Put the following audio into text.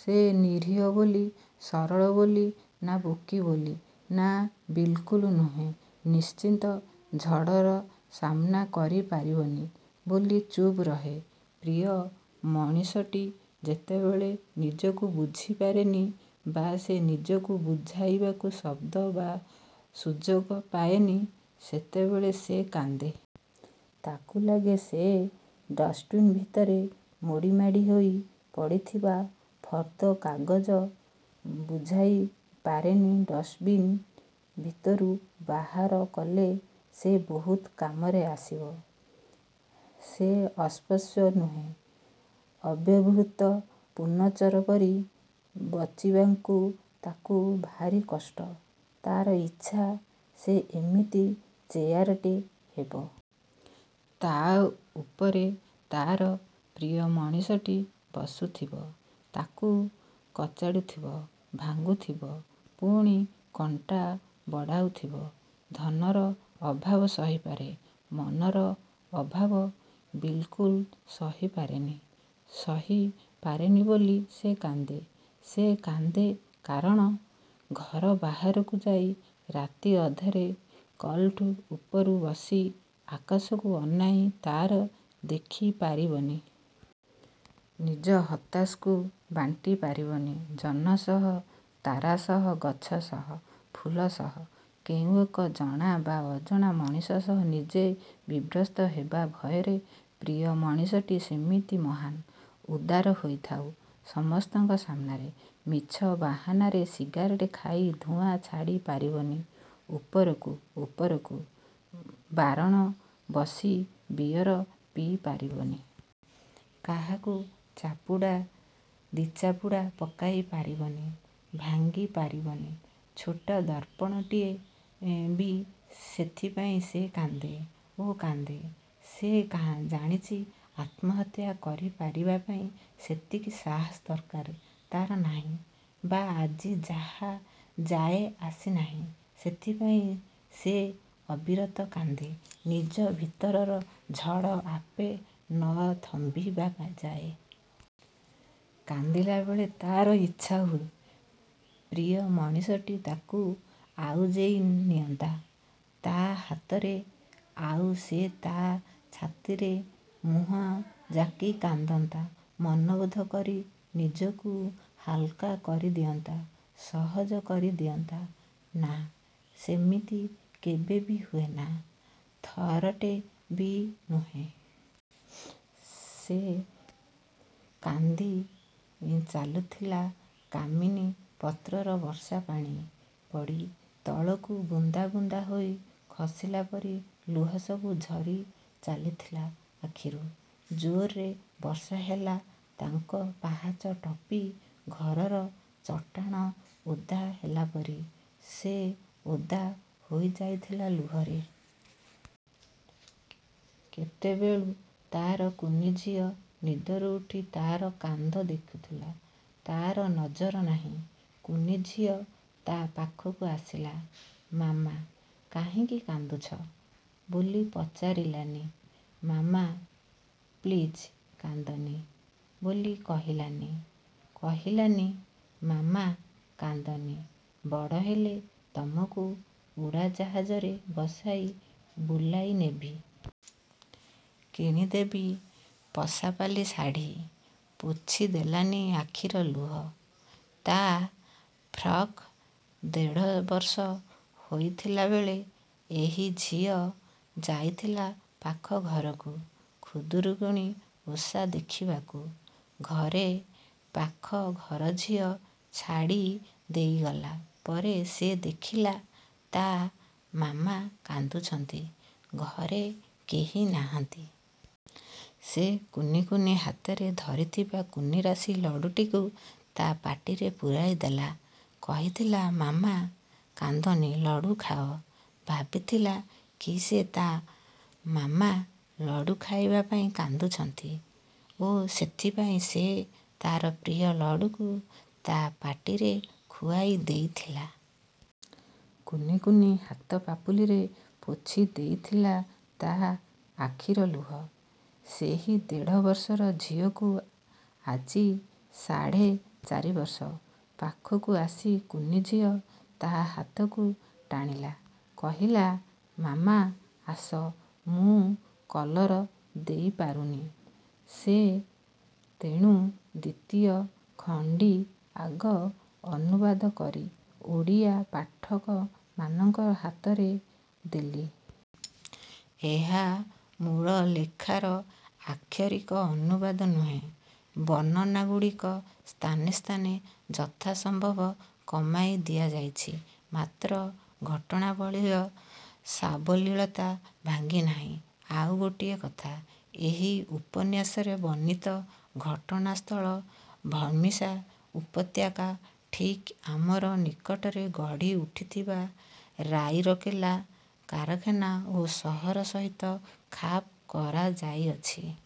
ସେ ନୀରିହ ବୋଲି, ସରଳ ବୋଲି ନା ବୋକି ବୋଲି? ନା' ବିଲକୁଲ ନୁହେଁ, ନିଶ୍ଚିତ ଝଡ଼ର ସାମ୍ନା କରିପାରିବନି ବୋଲି ଚୁପ୍ ରହେ। ପ୍ରିୟ ମଣିଷଟି ଯେତେବେଳେ ନିଜକୁ ବୁଝିପାରେନି ବା ସେ ନିଜକୁ ବୁଝାଇବାକୁ ଶବ୍ଦ ବା ସୁଯୋଗ ପାଏନି। ସେତେବେଳେ ସେ କାନ୍ଦେ। ତାକୁ ଲାଗେ ସେ ଡଷ୍ଟ୍ବିନ ଭିତରେ ମୋଡିମାଡି ହୋଇ ପଡ଼ିଥିବା ଫର୍ଦ୍ଦେ କାଗଜ। ବୁଝାଇ ପାରେନି ଡଷ୍ଟବିନ ଭିତରୁ ବାହାର କଲେ ସେ ବହୁତ କାମରେ ଆସିବ। ସେ ଅସ୍ପୃଶ୍ୟ ନୁହେଁ। ଅବ୍ୟବହୃତ ଫର୍ଣ୍ଣିଚର ପରି ବଂଚିବାକୁ ତାକୁ ଭାରି କଷ୍ଟ। ତା'ର ଇଚ୍ଛା ସେ ଏମିତି ଚେୟାରଟେ ହେବ। ତା' ଉପରେ ତା'ର ପ୍ରିୟ ମଣିଷଟି ବସୁଥିବ, ତାକୁ କଚାଡ଼ୁଥିବ, ଭାଙ୍ଗୁଥିବ, ପୁଣି କଣ୍ଟା ବାଡ଼ଉଥିବ। ଧନର ଅଭାବ ସହିପାରେ। ମନର ଅଭାବ ବିଲକୁଲ ସହିପାରେନି। ସହିପାରେନି ବୋଲି ସେ କାନ୍ଦେ। ସେ କାନ୍ଦେ କାରଣ- ଘର ବାହାରକୁ ଯାଇ ରାତି ଅଧରେ କଲ୍ଭର୍ଟ୍ ଉପରେ ବସି ଆକାଶକୁ ଅନାଇ ତାରା ଦେଖିପାରିବନି। ନିଜ ହତାଶାକୁ ବାଣ୍ଟି ପାରିବନି ଜହ୍ନ ସହ, ତାରା ସହ, ଗଛ ସହ, ଫୁଲ ସହ କେଉଁ ଏକ ଜଣା ବା ଅଜଣା ମଣିଷ ସହ ନିଜେ ବିବସ୍ତ୍ର ହେବା ଭୟରେ। ପ୍ରିୟ ମଣିଷଟି ସେମିତି ମହାନ୍, ଉଦାର ହୋଇ ଥାଉ ସମସ୍ତଙ୍କ ସାମ୍ନାରେ। ମିଛ ବାହାନାରେ ସିଗାରେଟ୍ ଖାଇ ଧୂଆଁ ଛାଡ଼ିପାରିବନି ଉପରକୁ ଉପରକୁ, ବାରରେ ବସି ବିୟର ପିଇ ପାରିବନି। କାହାକୁ ଚାପୁଡ଼ା ଦି'ଚାପୁଡ଼ା ପକାଇ ପାରିବନି, ଭାଙ୍ଗିପାରିବନି ଛୋଟି ଦର୍ପଣଟେବି। ସେଥିପାଇଁ ସେ କାନ୍ଦେ। ଓ କାନ୍ଦେ। ସେ ଜାଣିଛି ଆତ୍ମହତ୍ୟା କରିବାପାଇଁ ସେତିକି ସାହସ ଦରକାର ତା'ର ନାହିଁ ବା ଆଜି ଯାଏ ଆସି ନାହିଁ। ସେଥିପାଇଁ ସେ ଅବିରତ କାନ୍ଦେ ନିଜ ଭିତରର ଝଡ଼ ଆପେ ନ ଥମିବାଯାଏ। କାନ୍ଦିଲାବେଳେ ତା'ର ଇଚ୍ଛା ହୁଏ ପ୍ରିୟ ମଣିଷଟି ତାକୁ ଆଉଜେଇ ନିଅନ୍ତା ତା' ହାତରେ। ଆଉ ସେ ତା' ଛାତିରେ ମୁହଁ ଜାକି କାନ୍ଦନ୍ତା ମନବୋଧ କରି। ନିଜକୁ ହାଲ୍କା କରି ଦିଅନ୍ତା। ସହଜ କରି ଦିଅନ୍ତା। ନା। ସେମିତି କେବେ ବି ହୁଏନା। ଥରଟେ ବି ନୁହେଁ। ସେ କାନ୍ଦି ଚାଲିଥିଲା କାମିନୀ ପତ୍ରରେ ବର୍ଷା ପାଣି ପଡ଼ି ତଳକୁ ବୁନ୍ଦା ବୁନ୍ଦା ହୋଇ ଖସିଲା ପରି ଲୁହ ସବୁ ଝରି ଚାଲିଥିଲା ଆଖିରୁ। ଜୋରରେ ବର୍ଷା ହେଲେ ତାଙ୍କ ପାହଚ ଟପି ଘରର ଚଟାଣ ଓଦା ହେଲା ପରି ସେ ଓଦା ହୋଇଯାଉଥିଲା ଲୁହରେ। କେତେବେଳୁ ତା'ର କୁନି ଝିଅ ନିଦରୁ ଉଠି ତା'ର କାନ୍ଦ ଦେଖୁଥିଲା ତା'ର ନଜର ନାହିଁ-। କୁନି ଝିଅ ତା' ପାଖକୁ ଆସିଲା,''ମାମା, କାହିଁକି କାନ୍ଦୁଛ? '' ବୋଲି ପଚାରିଲାନି, ''ମାମା ପ୍ଲିଜ୍ କାନ୍ଦନି'' ବୋଲି କହିଲାନି, କହିଲାନି, ''ମାମା, କାନ୍ଦନି ବଡ଼ ହେଲେ ତମକୁ ଉଡ଼ାଜାହାଜରେ ବସେଇ ବୁଲାଇ ନେବି। କିଣି ଦେବି ପଶାପାଲି ଶାଢ଼ୀ। '' ପୋଛି ଦେଲାନି ଆଖିର ଲୁହ ତା' ଫ୍ରକ୍ରେ। ଦେଢ଼ବର୍ଷ ହୋଇଥିଲାବେଳେ ଏହି ଝିଅ ଯାଇଥିଲା ପାଖ ଘରକୁ ଖୁଦୁରୁକୁଣି ଓଷା ଦେଖିବାକୁ। ଘରେ ପାଖ ଘରଝିଅ ଛାଡ଼ି ଦେଇଗଲା ପରେ ସେ ଦେଖିଲା ତା' ମାମା କାନ୍ଦୁଛନ୍ତି। ଘରେ କେହି ନାହାନ୍ତି। ସେ କୁନି କୁନି ହାତରେ ଧରିଥିବା କୁନି ରାଶି ଲଡ଼ୁଟିକୁ ତା' ପାଟିରେ ପୁରାଇ ଦେଇ କହିଥିଲା, ''ମାମା, କାନ୍ଦନି, ଲଡ଼ୁ ଖାଅ। '' ଭାବୁଥିଲା କି ସେ ତା' ମାମା ଲଡ଼ୁ ଖାଇବା ପାଇଁ କାନ୍ଦୁଛନ୍ତି ଓ ସେଥିପାଇଁ ସେ ତା'ର ପ୍ରିୟ ଲଡ଼ୁକୁ ତା' ପାଟିରେ ଖୁଆଇ ଦେଇଥିଲା। କୁନି କୁନି ହାତ ପାପୁଲିରେ ପୋଛି ଦେଇଥିଲା ତା' ଆଖିର ଲୁହ। ସେହି ଦେଢ଼ ବର୍ଷର ଝିଅକୁ ଆଜି ସାଢ଼େ ଚାରି ବର୍ଷ। ପାଖକୁ ଆସି କୁନି ଝିଅ ତା' ହାତକୁ ଟାଣିଲା। କହିଲା,''ମାମା, ଆସ ମୁଁ କଲର ଦେଇପାରୁନି। '' ସେ। ତେଣୁ ଦ୍ୱିତୀୟ ଖଣ୍ଡି ଆଗ ଅନୁବାଦ କରି ଓଡ଼ିଆ ପାଠକମାନଙ୍କ ହାତରେ ଦେଲି। ଏହା ମୂଳ ଲେଖାର ଆକ୍ଷରିକ ଅନୁବାଦ ନୁହେ। ବର୍ଣ୍ଣନାଗୁଡ଼ିକ ସ୍ଥାନେସ୍ଥାନେ ଯଥାସମ୍ଭବ କମାଇ ଦିଆଯାଇଛି; ମାତ୍ର ଘଟଣାବଳୀର ସାବଲୀଳତା ଭାଙ୍ଗି ନାହିଁ। ଆଉ ଗୋଟିଏ କଥା। ଏହି ଉପନ୍ୟାସରେ ବର୍ଣ୍ଣିତ ଘଟଣା ସ୍ଥଳ ଭର୍ମିସା ଉପତ୍ୟକା ଠିକ୍ ଆମର ନିକଟରେ ଗଢ଼ି ଉଠିଥିବା ରାଉରକେଲା କାରଖାନା ଓ ସହର ସହିତ ଖାପ୍ ଖାଇଯାଉଅଛି।